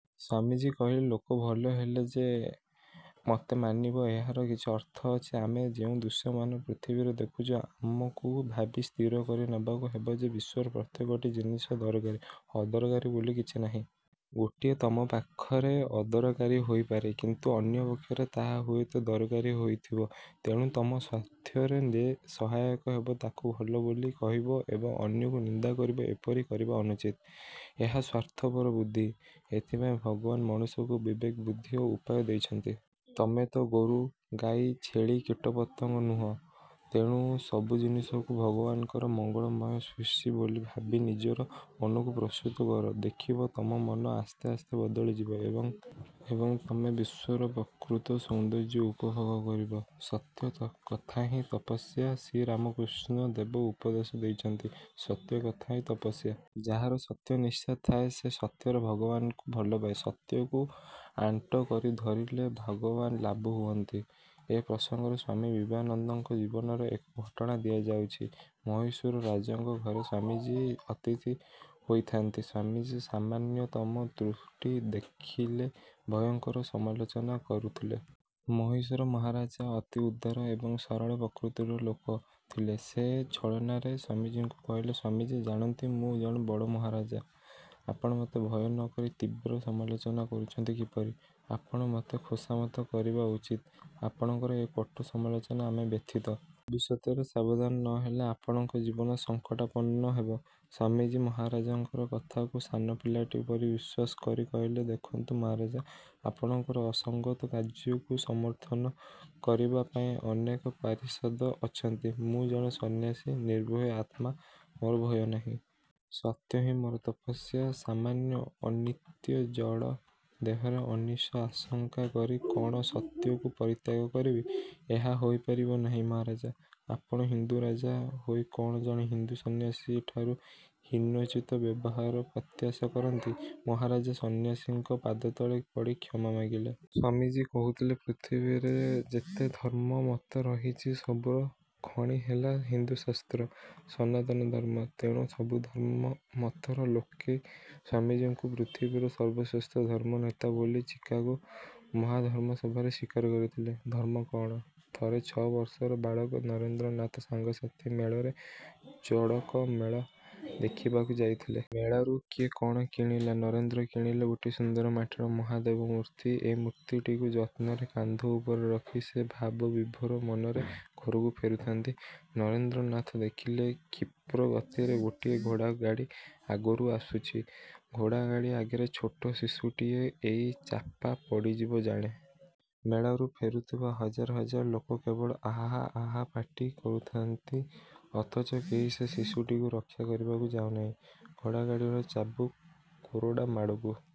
' ସ୍ୱାମୀଜୀ କହିଲେ, 'ଲୋକ ଭଲ ହେଲେ ଯେ ମୋତେ ମାନିବ, ଏହାର କିଛି ଅର୍ଥ ଅଛି? ଆମେ ଯେଉଁ ଦୃଶ୍ୟମାନ ପୃଥିବୀରେ ଦେଖୁଛୁ, ଆମକୁ ଭାବି ସ୍ଥିର କରି ନେବାକୁ ହେବ ଯେ ବିଶ୍ୱର ପ୍ରତ୍ୟେକଟି ଜିନିଷ ଦରକାରୀ। ଅଦରକାରୀ ବୋଲି କିଛି ନାହିଁ। ଗୋଟିଏ ତମ ପାଖରେ ଅଦରକାରୀ ହୋଇପାରେ, କିନ୍ତୁ ଅନ୍ୟପକ୍ଷରେ ତାହା ହୁଏତ ଦରକାରୀ ହୋଇଥିବ। ତେଣୁ ତମ ସ୍ୱାର୍ଥରେ ଯେ ସହାୟକ ହେବ ତାକୁ ଭଲ ବୋଲି କହିବ ଏବଂ ଅନ୍ୟକୁ ନିନ୍ଦା କରିବ, ଏପରି କରିବା ଅନୁଚିତ। ଏହା ସ୍ୱାର୍ଥପର ବୁଦ୍ଧି। ଏଥିପାଇଁ ଭଗବାନ ମଣିଷକୁ ବିବେକ, ବୁଦ୍ଧି ଏବଂ ଉପାୟ ଦେଇଛନ୍ତି। ତମେ ତ ଗୋରୁ-ଗାଈ, ଛେଳି, କୀଟପତଙ୍ଗ ନୁହଁ। ତେଣୁ ସବୁ ଜିନିଷକୁ ଭଗବାନଙ୍କର ମଙ୍ଗଳମୟ ସୃଷ୍ଟି ବୋଲି ଭାବି ନିଜର ମନକୁ ପ୍ରସ୍ତୁତ କର। ଦେଖିବ ତମ ମନ ଆସ୍ତେ ଆସ୍ତେ ବଦଳିଯିବ ଏବଂ ତମେ ବିଶ୍ୱର ପ୍ରକୃତ ସୌନ୍ଦର୍ଯ୍ୟ ଉପଭୋଗ କରିବ। ସତ୍ୟ କଥାହିଁ ତପସ୍ୟା ଶ୍ରୀରାମକୃଷ୍ଣ ଦେବ ଉପଦେଶ ଦେଇଛନ୍ତି—ସତ୍ୟ କଥାହିଁ ତପସ୍ୟା। ଯାହାର ସତ୍ୟନିଷ୍ଠା ଥାଏ, ସେ ସତ୍ୟର ଭଗବାନଙ୍କୁ ଭଲପାଏ। ସତ୍ୟକୁ ଆଣ୍ଟ କରି ଧରିଲେ ଭଗବାନ ଲାଭ ହୁଅନ୍ତି। ଏ ପ୍ରସଙ୍ଗରେ ସ୍ୱାମୀ ବିବେକାନନ୍ଦଙ୍କ ଜୀବନର ଏକ ଘଟଣା ଦିଆଯାଉଛି। ମହୀଶୂର ରାଜାଙ୍କ ଘରେ ସ୍ୱାମୀଜୀ ଅତିଥି ହୋଇଥାନ୍ତି। ସ୍ୱାମୀଜୀ ସାମାନ୍ୟତମ ତ୍ରୁଟି ଦେଖିଲେ ଭୟଙ୍କର ସମାଲୋଚନା କରୁଥିଲେ। ମହୀଶୂର ମହାରାଜା ଅତି ଉଦାର ଏବଂ ସରଳ ପ୍ରକୃତିର ଲୋକ ଥିଲେ। ସେ ଛଳନାରେ ସ୍ୱାମୀଜୀଙ୍କୁ କହିଲେ—''ସ୍ୱାମୀଜୀ, ଜାଣନ୍ତି ମୁଁ ଜଣେ ବଡ଼ ମହାରାଜା-? ଆପଣ ମୋତେ ଭୟ ନ କରି ତୀବ୍ର ସମାଲୋଚନା କରୁଛନ୍ତି କିପରି? ଆପଣ ମୋତେ ଖୋସାମତ କରିବା ଉଚିତ। ଆପଣଙ୍କର ଏ କଟୁ ସମାଲୋଚନାରେ ଆମେ ବ୍ୟଥିତ-। ଭବିଷ୍ୟତରେ ସାବଧାନ ନ ହେଲେ ଆପଣଙ୍କ ଜୀବନ ସଙ୍କଟାପନ୍ନ ହେବ। '' ସ୍ୱାମୀଜୀ ମହାରାଜାଙ୍କର କଥାକୁ ସାନପିଲାଟି ପରି ବିଶ୍ୱାସ କରି କହିଲେ, ''ଦେଖନ୍ତୁ ମହାରାଜ, ଆପଣଙ୍କର ଅସଙ୍ଗତ କାର୍ଯ୍ୟକୁ ସମର୍ଥନ କରିବାପାଇଁ ଅନେକ ପାରିଷଦ ଅଛନ୍ତି। ମୁଁ ଜଣେ ସନ୍ନ୍ୟାସୀ, ନିର୍ଭୟ ଆତ୍ମା। ମୋର ଭୟ ନାହିଁ। ସତ୍ୟହିଁ ମୋର ତପସ୍ୟା। ସାମାନ୍ୟ ଅନିତ୍ୟ ଜଡ଼ ଦେହରେ ଅନିଷ୍ଟ ଆଶଙ୍କା କରି କଣ ସତ୍ୟକୁ ପରିତ୍ୟାଗ କରିବି? ଏହା ହୋଇପାରିବ ନାହିଁ, ମହାରାଜ। ଆପଣ ହିନ୍ଦୁରାଜା ହୋଇ କ'ଣ ଜଣେ ହିନ୍ଦୁ ସନ୍ନ୍ୟାସୀଠାରୁ ହୀନୋଚିତ ବ୍ୟବହାରର ପ୍ରତ୍ୟାଶା କରନ୍ତି। '' ମହାରାଜା ସନ୍ନ୍ୟାସୀଙ୍କ ପାଦତଳେ ପଡ଼ି କ୍ଷମା ମାଗିଲେ। ସ୍ୱାମୀଜୀ କହୁଥିଲେ, 'ପୃଥିବୀରେ ଯେତେ ଧର୍ମମତ ରହିଛି, ସବୁର ଖଣି ହେଲା ହିନ୍ଦୁଶାସ୍ତ୍ର, ସନାତନ ଧର୍ମ। ' ତେଣୁ ସବୁ ଧର୍ମମତର ଲୋକେ ସ୍ୱାମୀଜୀଙ୍କୁ ପୃଥିବୀର ସର୍ବଶ୍ରେଷ୍ଠ ଧର୍ମନେତା ବୋଲି ଚିକାଗୋ ମହାଧର୍ମସଭାରେ ସ୍ୱୀକାର କରିଥିଲେ। ଧର୍ମ କଅଣ? ଥରେ ଛଅବର୍ଷର ବାଳକ ନରେନ୍ଦ୍ରନାଥ ସାଙ୍ଗସାଥି ମେଳରେ ଚଡ଼କମେଳା ଦେଖିବାକୁ ଯାଇଥିଲେ। ମେଳାରୁ କିଏ କ'ଣ କିଣିଲା। ନରେନ୍ଦ୍ର କିଣିଲେ ଗୋଟିଏ ସୁନ୍ଦର ମାଟିର ମହାଦେବମୂର୍ତ୍ତି। ଏ ମୂର୍ତ୍ତିଟିକୁ ଯତ୍ନରେ କାନ୍ଧ ଉପରେ ରଖି ସେ ଭାବବିଭୋର ମନରେ ଘରକୁ ଫେରୁଥାନ୍ତି। ନରେନ୍ଦ୍ରନାଥ ଦେଖିଲେ କ୍ଷିପ୍ର ଗତିରେ ଗୋଟିଏ ଘୋଡ଼ାଗାଡ଼ି ଆଗରୁ ଆସୁଛି। ଘୋଡ଼ାଗାଡ଼ି ଆଗରେ ଛୋଟ ଶିଶୁଟିଏ, ଏଇ ଚାପା ପଡ଼ିଯିବ ଜାଣ। ମେଳାରୁ ଫେରୁଥିବା ହଜାର ହଜାର ଲୋକ କେବଳ ଆହା ଆହା ପାଟି କରୁଥାନ୍ତି ଅଥଚ କେହି ସେ ଶିଶୁଟିକୁ ରକ୍ଷା କରିବାକୁ ଯାଉନାହିଁ। ଘୋଡ଼ାଗାଡ଼ିର ଚାବୁକ-କୋରଡ଼ା ମାଡ଼କୁ